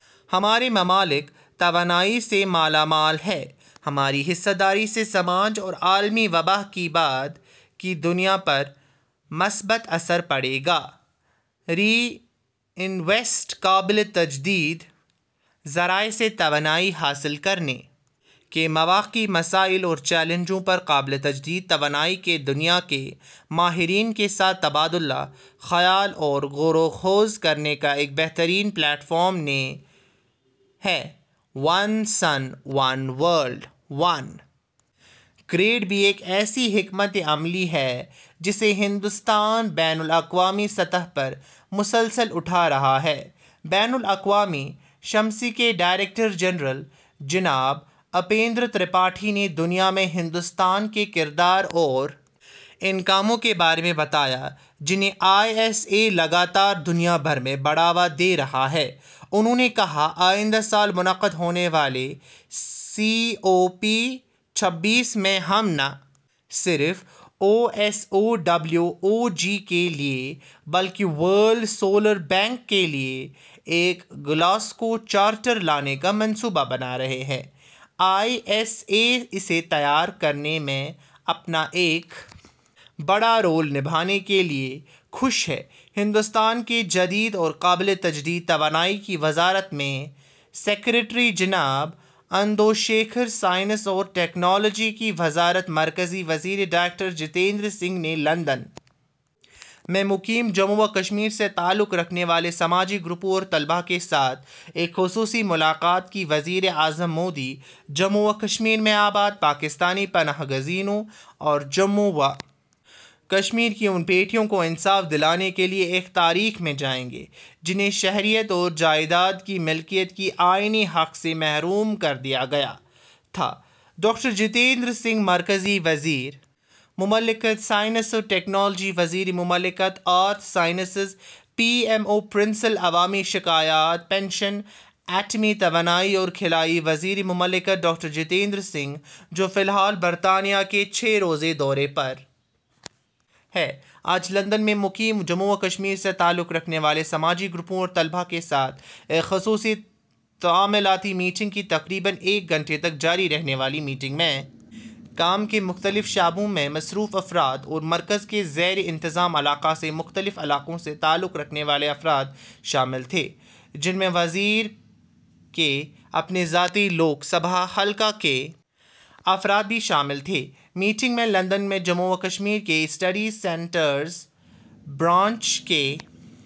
ہمارے ممالک توانائی میں مالا مال ہیں ہماری حصہ داری سے سماج اور عالمی وبا کی بعد کی دنیا پر مثبت اثر پڑے گا ری انویسٹ قابل تجدید ذرائع سے توانائی حاصل کرنے کے مواقع مسائل اور چیلنجوں پر قابل تجدید توانائی کے دنیا کے ماہرین کے ساتھ تبادلہ خیال اور غور و خوض کرنے کا ایک بہترین پلیٹ فارم ہے one sun one world one grid بھی ایک ایسی حکمت عملی ہے جسے ہندوستان بین الاقوامی سطح پر مسلسل اٹھا رہا ہے بین الاقوامی شمسی کے ڈائریکٹر جنرل جناب اپیندر ترپاٹھی نے دنیا میں ہندوستان کے کردار اور ان کاموں کے بارے میں بتایا جنہیں آئی ایس اے لگاتار دنیا بھر میں بڑھاوا دے رہا ہے انہوں نے کہا آئندہ سال منعقد ہونے والے سی او پی چھبیس میں ہم نہ صرف O S O W O G کے لیے بلکہ ورلڈ سولر بینک کے لیے ایک گلاسگو چارٹر لانے کا منصوبہ بنا رہے ہیں آئی ایس اے اسے تیار کرنے میں اپنا ایک بڑا رول نبھانے کے لیے خوش ہے ہندوستان کی جدید اور قابل تجدید توانائی کی وزارت میں سکریٹری جناب اندو شیکھر سائنس اور ٹیکنالوجی کی وزارت مرکزی وزیر ڈاکٹر جتیندر سنگھ نے لندن میں مقیم جموں و کشمیر سے تعلق رکھنے والے سماجی گروپوں اور طلباء کے ساتھ ایک خصوصی ملاقات کی وزیر اعظم مودی جموں و کشمیر میں آباد پاکستانی پناہ گزینوں اور جموں و کشمیر کی ان بیٹیوں کو انصاف دلانے کے لیے تاریخ میں جائیں گے جنہیں شہریت اور جائیداد کی ملکیت کے آئینی حق سے محروم کر دیا گیا تھا ڈاکٹر جتیندر سنگھ مرکزی وزیر مملکت سائنس اور ٹیکنالوجی وزیر مملکت earth sciences P M O personnel عوامی شکایات پنشن ایٹمی توانائی اور خلائی وزیر مملکت ڈاکٹر جتیندر سنگھ جو فی الحال برطانیہ کے چھ روزہ دورے پر ہیں نے آج لندن میں مقیم جموں و کشمیر سے تعلق رکھنے والے سماجی گروپوں اور طلباء کے ساتھ ایک خصوصی تعاملاتی میٹنگ کی تقریباً ایک گھنٹے تک جاری رہنے والی میٹنگ میں کام کے مختلف شعبوں میں مصروف افراد اور مرکز کے زیر انتظام علاقہ کے مختلف علاقوں سے تعلق رکھنے والے افراد شامل تھے جن میں وزیر کے اپنے ذاتی لوک سبھا حلقہ کے افراد بھی شامل تھے میٹنگ میں لندن میں جموں و کشمیر کے اسٹڈی سینٹر برانچ کے